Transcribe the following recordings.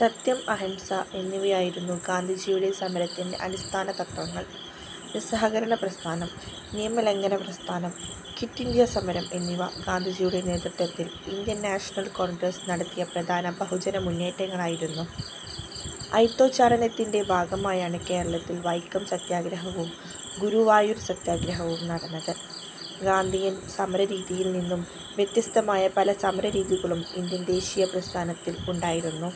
സത്യം, അഹിംസ എന്നിവയായിരുന്നു ഗാന്ധിജിയുടെ സമരത്തിന്റെ അടിസ്ഥാനതത്ത്വങ്ങൾ. നിസ്സഹകരണ പ്രസ്ഥാനം, നിയമലംഘന പ്രസ്ഥാനം, ക്വിറ്റിന്ത്യാ സമരം എന്നിവ ഗാന്ധിജിയുടെ നേതൃത്വത്തിൽ ഇന്ത്യൻ നാഷണൽ കോൺഗ്രസ് നടത്തിയ പ്രധാന ബഹുജനമുന്നേറ്റങ്ങളായിരുന്നു. അയിത്തോച്ചാടനത്തിന്റെ ഭാഗമായാണ് കേരളത്തിൽ വൈക്കം സത്യഗ്രഹവും ഗുരു വായൂർ സത്യഗ്രഹവും നടന്നത്. ഗാന്ധിയൻ സമരരീതിയിൽ നിന്നും വ്യത്യസ്തമായ പല സമരരീതികളും ഇന്ത്യൻ ദേശീയ പ്രസ്ഥാനത്തിൽ ഉണ്ടായിരുന്നു.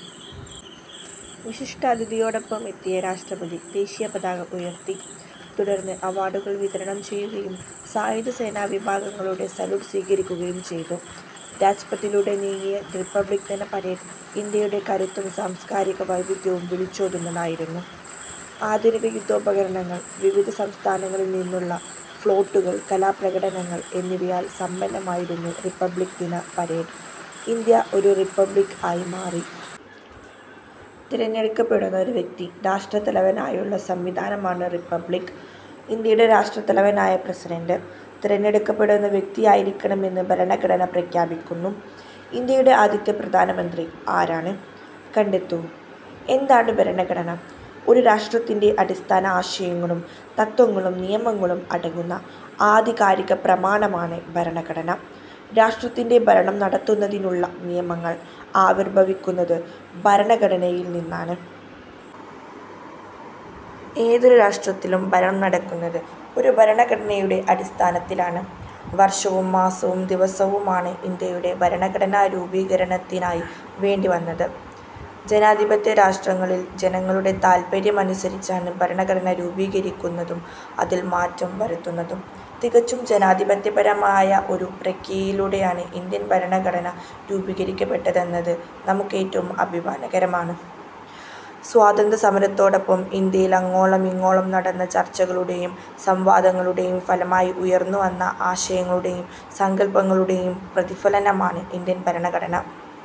വിശിഷ്ടാതിഥിയോടൊപ്പമെത്തിയ രാഷ്ട്രപതി ദേശീയപതാക ഉയർത്തി. തുടർന്ന് അവാർഡുകൾ വിതരണം ചെയ്യുകയും സായുധസേനാവിഭാഗങ്ങളുടെ സല്യൂട്ട് സ്വീകരിക്കുകയും ചെയ്തു. രാജ്പഥിലൂടെ നീങ്ങിയ റിപ്പബ്ലിക്ദിന പരേഡ് ഇന്ത്യയുടെ കരുത്തും സാംസ്കാരിക വൈവിധ്യവും വിളിച്ചോതുന്നതായിരുന്നു. ആധുനിക യുദ്ധോപകരണങ്ങൾ, വിവിധ സംസ്ഥാനങ്ങളിൽ നിന്നുള്ള ഫ്ളോട്ടുകൾ, കലാപ്രകടനങ്ങൾ എന്നിവയാൽ സമ്പന്നമായിരുന്നു റിപ്പബ്ലിക്ദിന പരേഡ്. ഇന്ത്യ ഒരു റിപ്പബ്ലിക് ആയി മാറി. തിരഞ്ഞെടുക്കപ്പെടുന്ന ഒരു വ്യക്തി രാഷ്ട്രത്തലവനായുള്ള സംവിധാനമാണ് റിപ്പബ്ലിക്. ഇന്ത്യയുടെ രാഷ്ട്രതലവനായ പ്രസിഡന്റ്, തിരഞ്ഞെടുക്കപ്പെടുന്ന വ്യക്തിയായിരിക്കണമെന്ന് ഭരണഘടന പ്രഖ്യാപിക്കുന്നു. ഇന്ത്യയുടെ ആദ്യത്തെ പ്രധാനമന്ത്രി ആരാണ്? കണ്ടെത്തൂ. എന്താണ് ഭരണഘടന? ഒരു രാഷ്ട്രത്തിന്റെ അടിസ്ഥാന ആശയങ്ങളും തത്ത്വങ്ങളും നിയമങ്ങളും അടങ്ങുന്ന ആധികാരികപ്രമാണമാണ് ഭരണഘടന. രാഷ്ട്രത്തിന്റെ ഭരണം നടത്തുന്നതിനുള്ള നിയമങ്ങൾ ആവിർഭവിക്കുന്നത് ഭരണഘടനയിൽ നിന്നാണ്. ഏതൊരു രാഷ്ട്രത്തിലും ഭരണം നടക്കുന്നത് ഒരു ഭരണഘടനയുടെ അടിസ്ഥാനത്തിലാണ്. വർഷവും മാസവും ദിവസവുമാണ് ഇന്ത്യയുടെ ഭരണഘടനാരൂപീകരണത്തിനായി വേണ്ടി വന്നത്. ജനാധിപത്യ രാഷ്ട്രങ്ങളിൽ ജനങ്ങളുടെ താൽപര്യമനുസരിച്ചാണ് ഭരണഘടന രൂപീകരിക്കുന്നതും അതിൽ മാറ്റം വരുത്തുന്നതും. തികച്ചും ജനാധിപത്യപരമായ ഒരു പ്രക്രിയയിലൂടെയാണ് ഇന്ത്യൻ ഭരണഘടന രൂപീകരിക്കപ്പെട്ടതെന്നത് നമുക്കേറ്റവും അഭിമാനകരമാണ്. സ്വാതന്ത്ര്യസമരത്തോടൊപ്പം ഇന്ത്യയിലങ്ങോളമിങ്ങോളം നടന്ന ചർച്ചകളുടെയും സംവാദങ്ങളുടെയും ഫലമായി ഉയർന്നു വന്ന ആശയങ്ങളുടെയും സങ്കൽപ്പങ്ങളുടെയും പ്രതിഫലനമാണ് ഇന്ത്യൻ ഭരണഘടന.